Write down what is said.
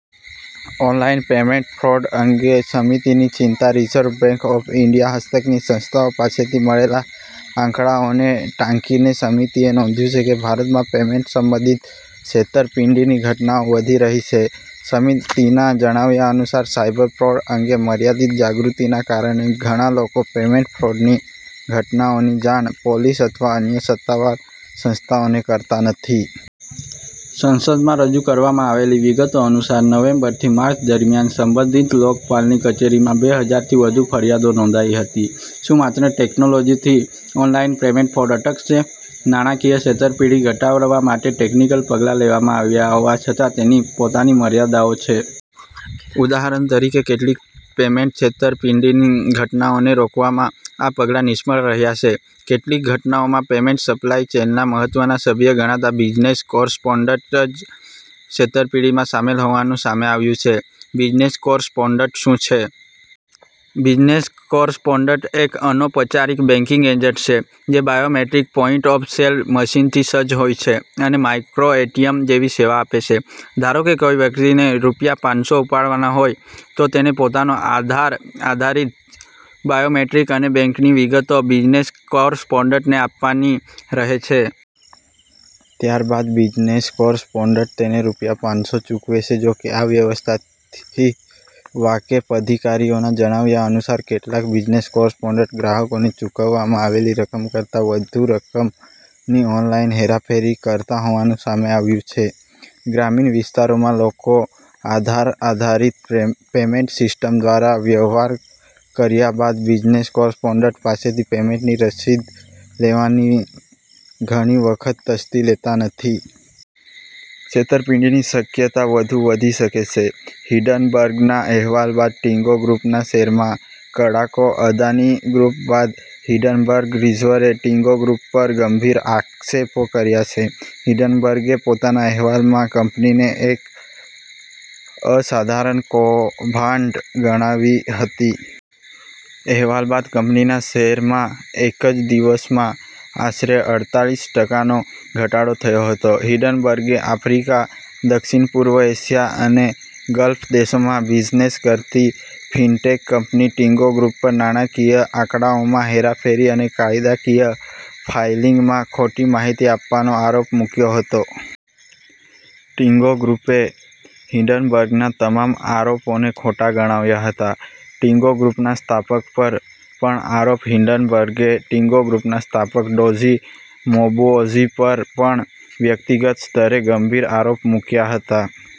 Online payment fraud અંગે સમિતિની ચિંતા રિઝર્વ બેંક ઓફ ઈન્ડિયા હસ્તકની સંસ્થાઓ પાસેથી મળેલા આંકડાઓને ટાંકીને સમિતિએ નોંધ્યું છે કે ભારતમાં પેમેન્ટ સંબંધિત છેતરપિંડીની ઘટનાઓ વધી રહી છે. સમિતિના જણાવ્યા અનુસાર, સાયબર ફ્રોડ અંગે મર્યાદિત જાગૃતિના કારણે ઘણા લોકો પેમેન્ટ ફ્રોડની ઘટનાઓની જાણ પોલીસ અથવા અન્ય સત્તાવાર સંસ્થાઓને કરતા નથી. સંસદમાં રજૂ કરવામાં આવેલી વિગતો અનુસાર, નવેમ્બરથી માર્ચ દરમિયાન સંબંધિત લોકપાલની કચેરીમાં બે હજારથી વધુ ફરિયાદો નોંધાઈ હતી. શું માત્ર ટેક્નોલોજીથી ઓનલાઈન પેમેન્ટ ફ્રોડ અટકશે? નાણાકીય છેતરપિંડી ઘટાડવા માટે ટેક્નિકલ પગલાં લેવામાં આવ્યા હોવા છતાં તેની પોતાની મર્યાદાઓ છે. ઉદાહરણ તરીકે, કેટલીક પેમેન્ટ છેતરપિંડીની ઘટનાઓને રોકવામાં આ પગલાં નિષ્ફળ રહ્યા છે. કેટલીક ઘટનાઓમાં પેમેન્ટ સપ્લાય ચેઇનના મહત્વના સભ્ય ગણાતા બિઝનેસ કોરસ્પોન્ડન્ટ જ છેતરપિંડીમાં સામેલ હોવાનું સામે આવ્યું છે. બિઝનેસ કોરસ્પોન્ડન્ટ શું છે? બિઝનેસ કોરસ્પોન્ડન્ટ એક અનૌપચારિક બેંકિંગ એજન્ટ છે, જે બાયોમેટ્રિક પોઈન્ટ-ઓફ-સેલ મશીનથી સજ્જ હોય છે અને માઇક્રો-એટીએમ જેવી સેવા આપે છે. ધારો કે કોઈ વ્યક્તિને રૂ. પાંનસો ઉપાડવાના હોય. તો તેણે પોતાનું આધાર આધારિત બાયોમેટ્રિક અને બેંકની વિગતો બિઝનેસ કોરસ્પોન્ડન્ટને આપવાની રહે છે. ત્યારબાદ બિઝનેસ કોરસ્પોન્ડન્ટ તેને રૂ. પાંનસો ચૂકવે છે. જોકે, આ વ્યવસ્થાથી વાકેફ અધિકારીઓના જણાવ્યા અનુસાર, કેટલાક બિઝનેસ કોરસ્પોન્ડન્ટ ગ્રાહકોને ચૂકવવામાં આવેલી રકમ કરતાં વધુ રકમની ઓનલાઈન હેરાફેરી કરતા હોવાનું સામે આવ્યું છે. ગ્રામીણ વિસ્તારોમાં લોકો આધાર આધારિત પેેમ પેમેન્ટ સિસ્ટમ દ્વારા વ્યવહાર કર્યા બાદ બિઝનેસ કોરસ્પોન્ડન્ટ પાસેથી પેમેન્ટની રસીદ લેવાની પણ ઘણી વખત તસ્દી લેતા નથી. છેતરપિંડીની શક્યતા વધુ વધી શકે છે. હિંડનબર્ગના અહેવાલ બાદ ટિન્ગો ગ્રૂપના શેરમાં કડાકો અદાની ગ્રૂપ બાદ હિંડનબર્ગ રિસરે ટિન્ગો ગ્રૂપ પર ગંભીર આક્ષેપો કર્યા સે. હિંડનબર્ગે પોતાના અહેવાલમાં કંપનીને એક અસાધારણ કૌભાંડ ગણાવી હતી. અહેવાલ બાદ કંપનીના શેરમાં એક જ દિવસમાં આશરે અડતાળીસ ટકાનો ઘટાડો થયો હતો. હિંડનબર્ગે આફ્રિકા, દક્ષિણપૂર્વ એશિયા અને ગલ્ફ દેશોમાં બિઝનેસ કરતી ફિનટેક કંપની ટિન્ગો ગ્રૂપ પર નાણાકીય આંકડાઓમાં હેરાફેરી અને કાયદાકીય ફાઇલિંગમાં ખોટી માહિતી આપવાનો આરોપ મૂક્યો હતો. ટિન્ગો ગ્રૂપે હિંડનબર્ગના તમામ આરોપોને ખોટા ગણાવ્યા હતા. ટિન્ગો ગ્રૂપના સ્થાપક પર પણ આરોપ હિંડનબર્ગે ટિન્ગો ગ્રૂપના સ્થાપક ડોઝી મોબુઓસી પર પણ વ્યક્તિગત સ્તરે ગંભીર આરોપો મૂક્યા હતા.